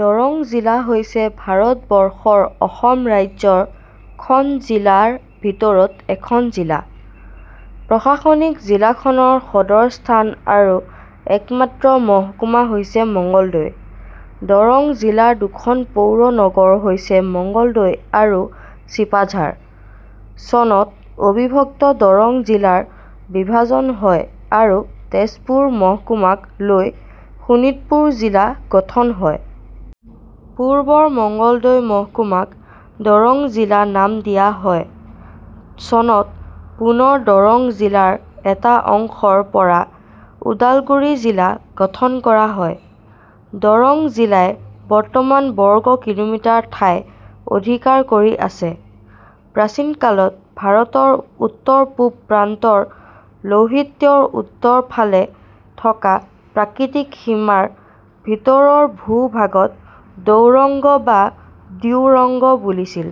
দৰং জিলা: হৈছে ভাৰত বৰ্ষৰ অসম ৰাজ্যৰ খন জিলা ৰ ভিতৰত এখন জিলা। প্ৰশাসনিক জিলাখনৰ সদৰ স্থান আৰু একমাত্ৰ মহকুমাৰ হৈছে মঙ্গলদৈ। দৰং জিলাৰ দুখন পৌৰ নগৰ হৈছে মংগলদৈ আৰু ছিপাঝাৰ। চনত অবিভক্ত দৰং জিলাৰ বিভাজন হয় আৰু তেজপুৰ মহকুমাক লৈ শোণিতপুৰ জিলা গঠন হয়। পূৰ্বৰ মঙ্গলদৈ মহকুমাক দৰং জিলা নাম দিয়া হয়। চনত পুনৰ দৰং জিলাৰ এটা অংশৰ পৰা ওদালগুৰি জিলা গঠন কৰা হয়। দৰং জিলাই বৰ্তমান বৰ্গ কিলোমিটাৰ ঠাই অধিকাৰ কৰি আছে। প্ৰাচীনকালত ভাৰতৰ উত্তৰ পূব প্ৰান্তৰ লৌহিত্যৰ উত্তৰ ফালে থকা প্ৰাকৃতিক সীমাৰ ভিতৰৰ ভূ-ভাগক দৌৰঙ্গ বা দ্যোৰঙ্গ বুলিছিল।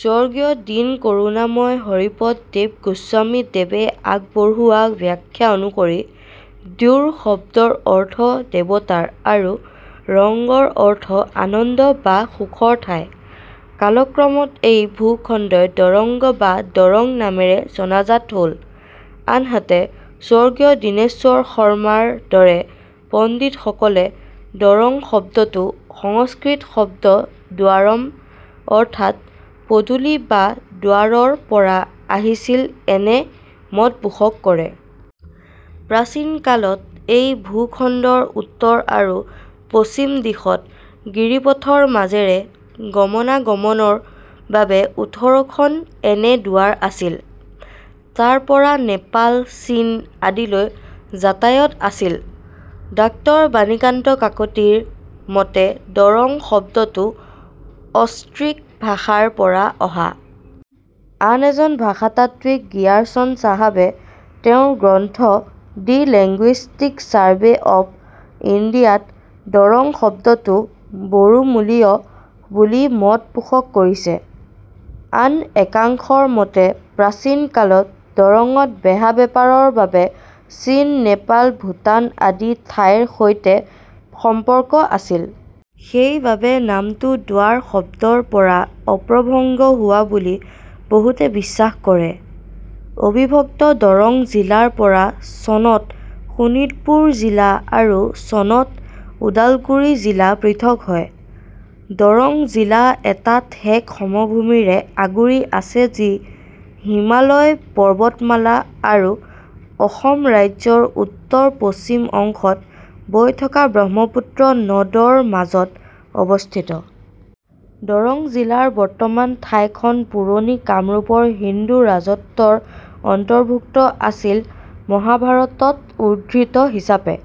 স্বগীয় দীন কৰুণাময় হৰিপদ দেৱগোস্বামীদেৱে আগবঢ়োৱা ব্যাখ্যা অনুসৰি ' দ্যোৰ' শব্দৰ অৰ্থ দেৱতাৰ আৰু ' ৰঙ্গ' ৰ অৰ্থ আনন্দ বা সুখৰ ঠাই। কালক্ৰমত এই ভূ-খণ্ডই দৰঙ্গ বা দৰং নামেৰে জনাজাত হল। আনহাতে স্বৰ্গীয় দিনেশ্বৰ শৰ্মা ৰ দৰে পণ্ডিত সকলে দৰং শব্দটো সংস্কৃত শব্দ দ্বাৰম অৰ্থাত পদূলি বা দ্বাৰ'ৰ পৰা আহিছিল এনে মত পোষণ কৰে। প্ৰাচীন কালত এই ভূ-খণ্ডৰ উত্তৰ আৰু পশ্চিম দিশত গিৰিপথৰ মাজেৰে গমনা-গমনৰ বাবে ওঁঠৰখন এনে দুৱাৰ আছিল। তাৰ পৰা নেপাল, চীন আদিলৈ যাতায়াত আছিল। ড॰ বাণীকান্ত কাকতি ৰ মতে দৰং শব্দতো অষ্ট্ৰিক ভাষাৰ পৰা অহা। আন এজন ভাষাতাত্ত্বিক গ্ৰিয়াৰ্ছন চাহাবে তেওঁৰ গ্ৰন্থ 'ডি লেংগুইষ্টিক চাৰ্ভে অৱ ইণ্ডিয়া'ত দৰং শব্দটো বড়োমূলীয় বুলি মত পোষণ কৰিছে। আন একাংশৰ মতে প্ৰাচীন কালত দৰঙত বেহা বেপাৰৰ বাবে চীন, নেপাল, ভুটান আদি ঠাইৰ সৈতে সম্পৰ্ক আছিল। সেই বাবে নামটো দ্বাৰ শব্দৰ পৰা অপ্ৰভংশ হোৱা বুলি বহুতে বিশ্বাস কৰে। অবিভক্ত দৰং জিলাৰ পৰা চনত শোণিতপুৰ জিলা আৰু চনত ওদালগুৰি জিলা পৃথক হয়। দৰং জিলা এটা ঠেক সমভূমিৰে আগুৰি আছে যি হিমালয় পৰ্বতমালা আৰু অসম ৰাজ্যৰ উত্তৰ পশ্চিম অংশত বৈ থকা ব্ৰহ্মপুত্ৰ নদ ৰ মাজত অৱস্থিত। দৰং জিলাৰ বৰ্তমানৰ ঠাইখন পুৰণি কামৰূপৰ হিন্দু ৰাজত্বৰ অন্তৰ্ভুক্ত আছিল মহাভাৰতত উৰ্দ্ধিত হিচাপে।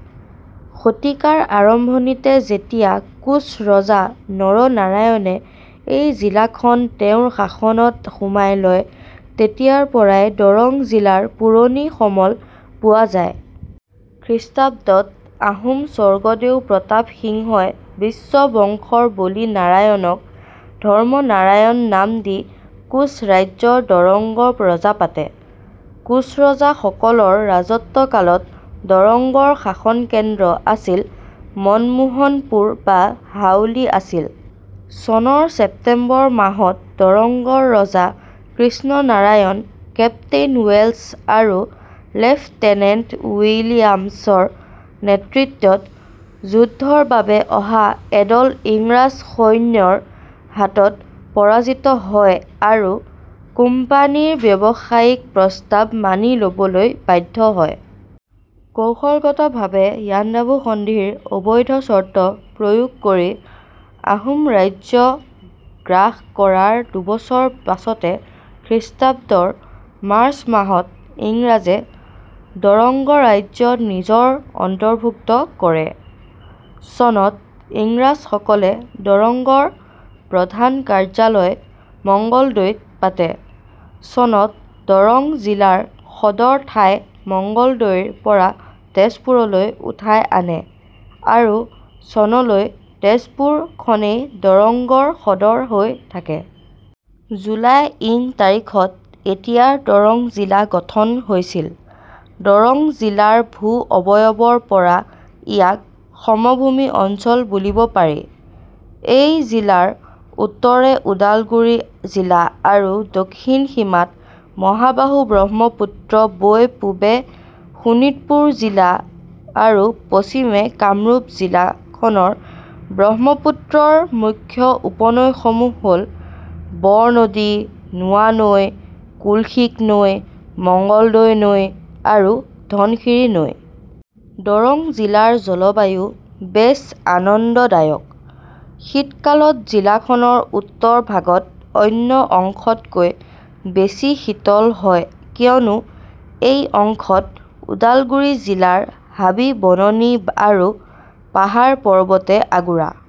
শতিকাৰ আৰম্ভণিতে যেতিয়া কোঁচ ৰজা নৰনাৰায়ণে এই জিলাখন তেওঁৰ শাসনত সোমাই লয় তেতিয়াৰ পৰাই দৰং জিলাৰ পুৰনি সমল পোৱা যায়। খ্ৰীষ্টাব্দত আহোম স্বৰ্গদেউ প্ৰতাপ সিংহই বিশ্ব বংশৰ বলি নাৰায়নক, ধৰ্মনাৰায়ন নাম দি কোচ ৰাজ্য দৰঙ্গৰ ৰজা পাতে। কোচৰজা সকলৰ ৰাজত্ব কালত দৰঙ্গৰ শাসনকেন্দ্ৰ আছিল মনমোহনপূৰ বা হাউলি আছিল। চনৰ ছেপ্তেম্বৰ মাহত দৰঙ্গৰ ৰজা কৃষ্ণ নাৰায়ণ, কেপ্তেইন ৱেলছ আৰু লেফটেনেণ্ট উইলিয়ামছৰ নেতৃত্বত যুদ্ধৰ বাবে অহা এদল ইংৰাজ সৈন্যৰ হাতত পৰাজিত হয় আৰু কোম্পানীৰ ব্যৱসায়িক প্ৰস্তাৱ মানি লবলৈ বাধ্য হয়। কৌশলগতভাৱে ইয়াণ্ডাবু সন্ধি ৰ অবৈধ চৰ্ত প্ৰয়োগ কৰি আহোম ৰাজ্য গ্ৰাস কৰাৰ দুবছৰ পাছতে খ্ৰীঃৰ মাৰ্চ মাহত ইংৰাজে দৰঙ্গ ৰাজ্য নিজৰ অন্তৰ্ভুক্ত কৰে। চনত ইংৰাজসকলে দৰঙ্গৰ প্ৰধান কাৰ্যালয় মঙ্গলদৈত পাতে। চনত দৰং জিলাৰ সদৰ ঠাই মঙ্গলদৈৰ পৰা তেজপুৰলৈ উঠাই আনে আৰু চনলৈ তেজপুৰ খনেই দৰঙ্গৰ সদৰ হৈ থাকে। জুলাই ইং তাৰিখত এতিয়াৰ দৰং জিলা গঠন হৈছিল। দৰং জিলাৰ ভূ অৱয়বৰ পৰা ইয়াক সমভূমি অঞ্চল বুলিব পাৰি। এই জিলাৰ উত্তৰে ওদালগুৰি জিলা আৰু দক্ষিণ সীমাত মহাবাহু ব্ৰহ্মপুত্ৰ বৈ পূবে শোণিতপুৰ জিলা আৰু পশ্চিমে কামৰূপ জিলাখনৰ ব্ৰহ্মপুত্ৰৰ মুখ্য উপনৈ সমূহ হ'ল- বৰনদী, নোৱানৈ, কুলশীক নৈ, মঙ্গলদৈ নৈ আৰু ধনশিৰি নৈ। দৰং জিলাৰ জলবায়ু বেছ আনন্দদায়ক। শীতকালত জিলাখনৰ উত্তৰ ভাগত অন্য অংশতকৈ বেছি শীতল হয় কিয়নো এই অংশত ওডালগুৰি জিলাৰ হাবি-বননি আৰু পাহাৰ-পৰ্বতে আগুৰা।